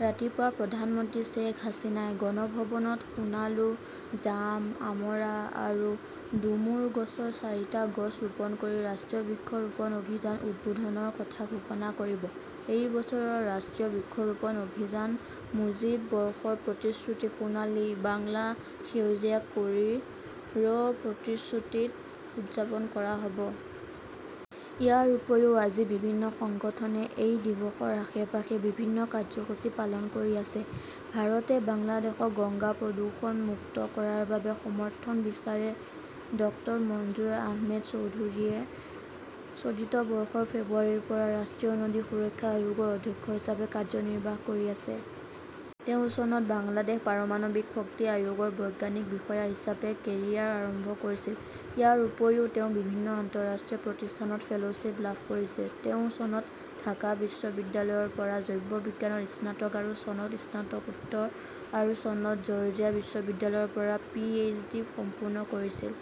ৰাতিপুৱা প্ৰধানমন্ত্ৰী শ্বেখ হাছিনাই গণভৱনত সোণালু, জাম, আমৰা আৰু ডুমুৰ গছৰ চাৰিটা গছ ৰোপণ কৰি ৰাষ্ট্ৰীয় বৃক্ষ ৰোপণ অভিযান উদ্বোধনৰ কথা ঘোষণা কৰিব। এই বছৰৰ ৰাষ্ট্ৰীয় বৃক্ষৰোপণ অভিযান মুজীব বৰ্ষৰ প্ৰতিশ্ৰুতি, সোণালী বাংলা সেউজীয়া কৰি ‘ৰ প্ৰতিশ্ৰুতিত উদযাপন কৰা হ’ব। ইয়াৰ উপৰিও আজি বিভিন্ন সংগঠনে এই দিৱসৰ আশে-পাশে বিভিন্ন কাৰ্যসূচী পালন কৰি আছে। ভাৰতে বাংলাদেশক গংগা প্ৰদূষণমুক্ত কৰাৰ বাবে সমৰ্থন বিচাৰে ডক্টৰ মনজুৰ আহমেদ চৌধুৰীয়ে চলিত বৰ্ষৰ ফেব্ৰুৱাৰীৰ পৰা ৰাষ্ট্ৰীয় নদী সুৰক্ষা আয়োগৰ অধ্যক্ষ হিচাপে কাৰ্যনিৰ্বাহ কৰি আছে। তেওঁ চনত বাংলাদেশ পাৰমাণৱিক শক্তি আয়োগৰ বৈজ্ঞানিক বিষয়া হিচাপে কেৰিয়াৰ আৰম্ভ কৰিছিল। ইয়াৰ উপৰিও তেওঁ বিভিন্ন আন্তঃৰাষ্ট্ৰীয় প্ৰতিষ্ঠানত ফেল 'শ্বিপ লাভ কৰিছে। তেওঁ চনত ঢাকা বিশ্ববিদ্যালয়ৰ পৰা জৈৱবিজ্ঞানত স্নাতক আৰু চনত স্নাতকোত্তৰ আৰু চনত জৰ্জিয়া বিশ্ববিদ্যালয়ৰ পৰা পিএইচডি সম্পূৰ্ণ কৰিছিল।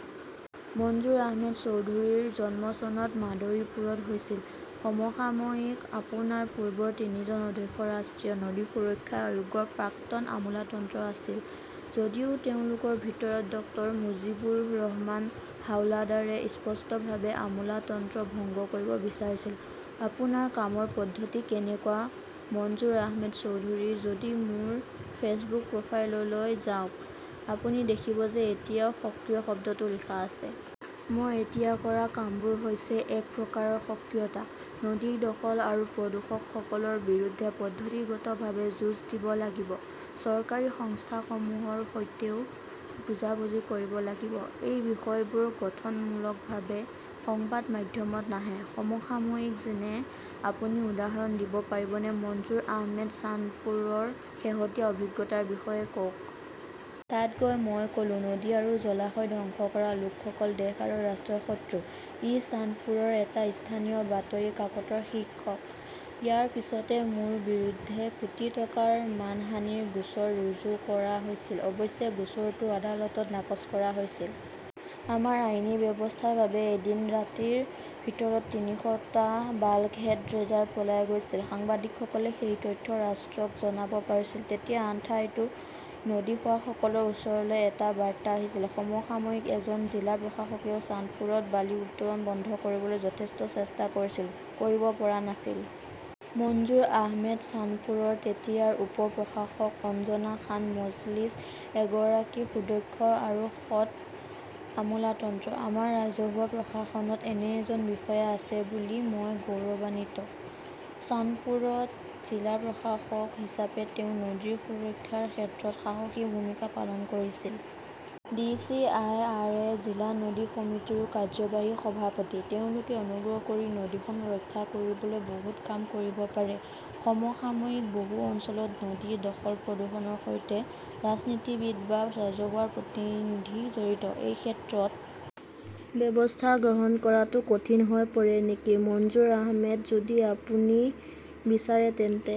মঞ্জুৰ আহমেদ চৌধুৰীৰ জন্ম চনত মাদৰীপুৰত হৈছিল। সমসাময়িকঃ আপোনাৰ পূৰ্বৰ তিনিজন অধ্যক্ষ ৰাষ্ট্ৰীয় নদী সুৰক্ষা আয়োগৰ প্ৰাক্তন আমোলাতন্ত্ৰ আছিল। যদিও তেওঁলোকৰ ভিতৰত ডক্টৰ মুজীবুৰ ৰহমান হাওলাডাৰে স্পষ্টভাৱে আমোলাতন্ত্ৰ ভংগ কৰিব বিচাৰিছিল। আপোনাৰ কামৰ পদ্ধতি কেনেকুৱা মনজুৰ আহমেদ চৌধুৰীঃ যদি মোৰ ফেচবুক প্ৰফাইললৈ যাওক, আপুনি দেখিব যে এতিয়াও সক্ৰিয় শব্দটো লিখা আছে। মই এতিয়া কৰা কামবোৰ হৈছে এক প্ৰকাৰৰ সক্ৰিয়তা। নদী দখল আৰু প্ৰদূষকসকলৰ বিৰুদ্ধে পদ্ধতিগতভাৱে যুঁজ দিব লাগিব। চৰকাৰী সংস্থাসমূহৰ সৈতেও বুজাবুজি কৰিব লাগিব। এই বিষয়বোৰ গঠনমূলকভাৱে সংবাদ মাধ্যমত নাহে। সমসাময়িকঃ যেনে আপুনি উদাহৰণ দিব পাৰিবনে মনজুৰ আহমেদঃ চান্দপুৰৰ শেহতীয়া অভিজ্ঞতাৰ বিষয়ে কওক। তাত গৈ মই ক 'লো-নদী আৰু জলাশয় ধ্বংস কৰা লোকসকল দেশ আৰু ৰাষ্ট্ৰৰ শত্ৰু। ই চান্দপুৰৰ এটা স্থানীয় বাতৰি কাকতৰ শীৰ্ষক। ইয়াৰ পিছতে মোৰ বিৰুদ্ধে কোটি টকাৰ মানহানিৰ গোচৰ ৰুজু কৰা হৈছিল। অৱশ্যে গোচৰটো আদালতত নাকচ কৰা হৈছিল। আমাৰ আইনী ব্যৱস্থাৰ বাবে এদিন ৰাতিৰ ভিতৰত তিনিশ টা বাল্কহেড ড্ৰেজাৰ পলাই গৈছিল। সাংবাদিকসকলে সেই তথ্য ৰাষ্ট্ৰক জনাব পাৰিছিল। তেতিয়া আন ঠাইতো নদী খোৱাসকলৰ ওচৰলৈ এটা বাৰ্তা আহিছিল। সমসাময়িকঃ এজন জিলা প্ৰশাসকেও চান্দপুৰত বালি উত্তোলন বন্ধ কৰিবলৈ যথেষ্ট চেষ্টা কৰিছিল, কৰিব পৰা নাছিল। মনজুৰ আহমেদঃ চান্দপুৰৰ তেতিয়াৰ উপ-প্ৰশাসক অঞ্জনা খান মজলিছ এগৰাকী সুদক্ষ আৰু সৎ আমোলাতন্ত্ৰ। আমাৰ ৰাজহুৱা প্ৰশাসনত এনে এজন বিষয়া আছে বুলি মই গৌৰৱান্বিত। চান্দপুৰত জিলা প্ৰশাসক হিচাপে তেওঁ নদীৰ সুৰক্ষাৰ ক্ষেত্ৰত সাহসী ভূমিকা পালন কৰিছিল। D. C. I. R. A. জিলা নদী সমিতিৰো কাৰ্যবাহী সভাপতি। তেওঁলোকে অনুগ্ৰহ কৰি নদীখন ৰক্ষা কৰিবলৈ বহুত কাম কৰিব পাৰে। সমসাময়িকঃ বহু অঞ্চলত নদী দখল-প্ৰদূষণৰ সৈতে ৰাজনীতিবিদ বা ৰাজহুৱা প্ৰতিনিধি জড়িত। এই ক্ষেত্ৰত ব্যৱস্থা গ্ৰহণ কৰাটো কঠিন হৈ পৰে নেকি মনজুৰ আহমেদঃ যদি আপুনি বিচাৰে তেন্তে